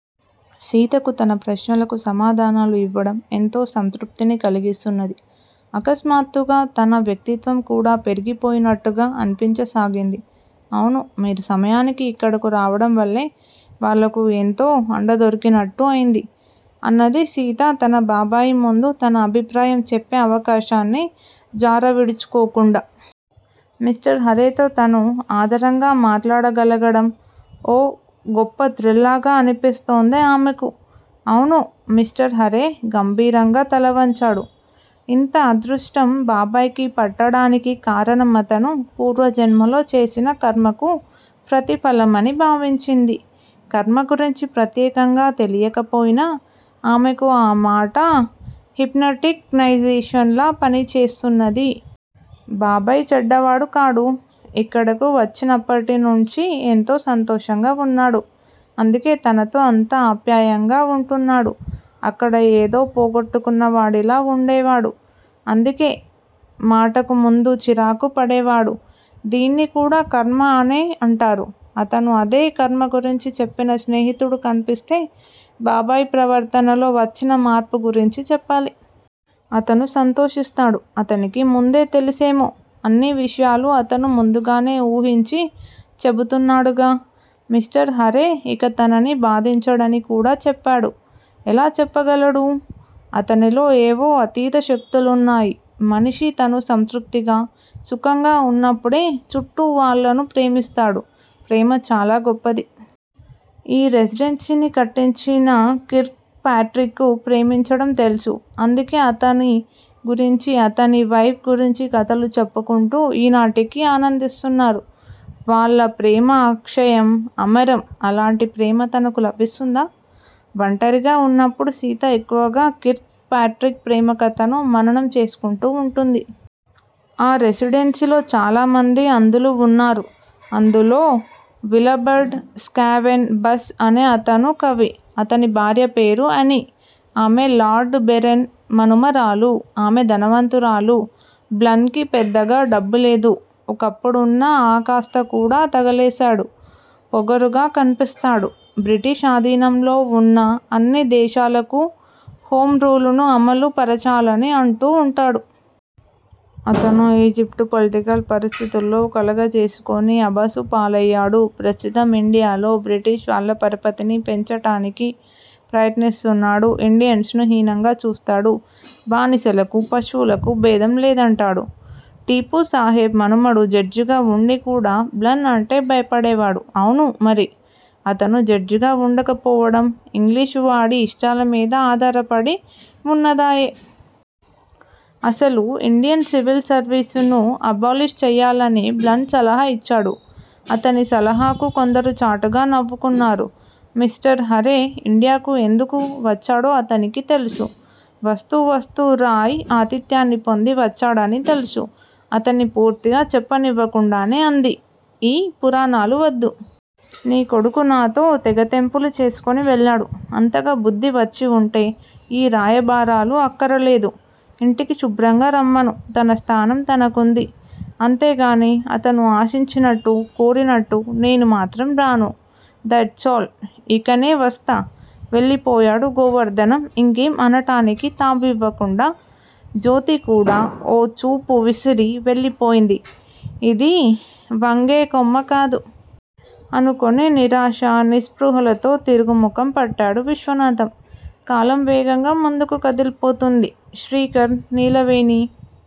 సీతకు తన ప్రశ్నలకు సమాధానాలు ఇవ్వడం ఎంతో సంతృప్తిని కలిగిస్తున్నది. అకస్మాత్తుగా తన వ్యక్తిత్వం కూడా పెరిగిపోయినట్టుగా అన్పించసాగింది. అవును! మీరు సమయానికి ఇక్కడకు రావడంవల్లే వాళ్ళకు ఎంతో అండదొరికినట్టు అయింది. అన్నది సీత తన బాబాయి ముందు తన అభిప్రాయం చెప్పే అవకాశాన్ని జారవిడుచుకోకుండా. మిస్టర్ హారేతో తను ఆధరంగా మాట్లాడగలగడం ఓ గొప్ప థ్రిల్ గా అనిపిస్తోంది ఆమెకు. అవును! మిస్టర్ హారే గంభీరంగా తలవంచాడు. ఇంత అదృష్టం బాబాయికి పట్టడానికి కారణం అతను పూర్వజన్మలో చేసిన కర్మకు ప్రతిఫలమని భావించింది. కర్మ గురించి ప్రత్యేకంగా తెలియకపోయినా ఆమెకు ఆ మాట హిప్నటిక్ నైజేషన్ లా పనిచేస్తున్నది. బాబాయ్ చెడ్డవాడు కాడు. ఇక్కడకు వచ్చినప్పటినుంచి ఎంతో సంతోషంగా వున్నాడు. అందుకే తనతో అంత ఆప్యాయంగా వుంటున్నాడు. అక్కడ ఏదో పోగొట్టుకున్నవాడిలా వుండేవాడు. అందుకే మాటకుముందు చిరాకు పడేవాడు. దీన్ని కూడా కర్మ అనే అంటారు. అతను అదే కర్మ గురించి చెప్పిన స్నేహితుడు కన్పిస్తే బాబాయి ప్రవర్తనలో వచ్చిన మార్పు గురించి చెప్పాలి. అతను సంతోషిస్తాడు. అతనికి ముందే తెలుసేమో! అన్ని విషయాలు అతను ముందుగానే ఊహించి చెబుతున్నాడుగా. మిస్టర్ హారే ఇక తనని బాధించడని కూడా చెప్పాడు. ఎలా చెప్పగలడు? అతనిలో ఏవో అతీత శక్తులున్నాయి. మనిషి తను సంతృప్తిగా, సుఖంగా ఉన్నప్పుడే చుట్టూ వాళ్ళను ప్రేమిస్తాడు. ప్రేమ చాలా గొప్పది. ఈ రెసిడెన్సీని కట్టించిన కిర్క్ పాట్రిక్ కు ప్రేమించడం తెలుసు. అందుకే అతని గురించీ, అతని వైఫ్ గురించి కథలు చెప్పుకుంటూ ఈనాటికీ ఆనందిస్తున్నారు. వాళ్ళ ప్రేమ అక్షయం, అమరం. అలాంటి ప్రేమ తనకు లభిస్తుందా? వంటరిగా ఉన్నప్పుడు సీత ఎక్కువగా కిర్క్ పాట్రిక్ ప్రేమకథను మననం చేసుకుంటూ వుంటుంది. ఆ రెసిడెన్సీలో చాలామంది అంధులు వున్నారు. అందులో విలబర్డ్ స్కావెన్ బస్ అనే అతను కవి. అతని భార్య పేరు అనీ. ఆమె లార్డు బెరన్ మనుమరాలు. ఆమె ధనవంతురాలు. బ్లన్ కు పెద్దగా డబ్బులేదు. ఒకప్పుడున్న ఆకాస్త కూడా తగలేశాడు. పొగరుగా కన్పిస్తాడు. బ్రిటిష్ ఆధీనంలో వున్న అన్ని దేశాలకూ హోంరూలును అమలు పరచాలని అంటూ వుంటాడు. అతను ఈజిప్టు పొలిటికల్ పరిస్థితుల్లో కలుగజేసుకొని అభాసుపాలయ్యాడు. ప్రస్తుతం ఇండియాలో బ్రిటిష్ వాళ్ళ పరపతిని పెంచటానికి ప్రయత్నిస్తున్నాడు. ఇండియన్స్ ను హీనంగా చూస్తాడు. బానిసలకూ పశువులకూ భేదం లేదంటాడు. టీపూ సాహెబ్ మనుమడు జడ్జిగా వుండి కూడా బ్లన్ అంటే భయపడేవాడు. అవును! మరి! అతను జడ్జిగా వుండకపోవటం ఇంగ్లీషువాడి ఇష్టాల మీద ఆధారపడి వున్నదాయె! అసలు ఇండియన్ సివిల్ సర్వీసును అబాలిష్ చెయ్యాలని బ్లన్ సలహా ఇచ్చాడు. అతని సలహాకు కొందరు చాటుగా నవ్వుకున్నారు. మిస్టర్ హారే ఇండియాకు ఎందుకు వచ్చాడో అతనికి తెలుసు. వస్తూవస్తూ రాయ్ ఆతిథ్యాన్ని పొంది వచ్చాడని తెలుసు. అతన్ని పూర్తిగా చెప్పనివ్వకుండానే అంది. ఈ పురాణాలు వద్దు. నీ కొడుకు నాతో తెగతెంపులు చేసుకుని వెళ్ళాడు. అంతగా బుద్ధి వచ్చివుంటే యీ రాయబారాలు అక్కరలేదు. ఇంటికి శుభ్రంగా రమ్మను. తన స్థానం తనకుంది. అంతేగానీ అతను ఆశించినట్టు కోరినట్టు నేను మాత్రం రాను! దట్సాల్! యికనే వస్తా? వెళ్ళిపోయాడు గోవర్ధనం ఇంకేం అనటానికీ తావివ్వకుండా జ్యోతికూడా ఓ చూపు విసిరి వెళ్ళిపోయింది ఇది వంగేకొమ్మ కాదు! అనుకుని నిరాశా నిస్పృహలతో తిరుగు ముఖంపట్టాడు విశ్వనాథం. కాలం వేగంగా ముందుకు కదలిపోతోంది. శ్రీకర్ నీలవేణి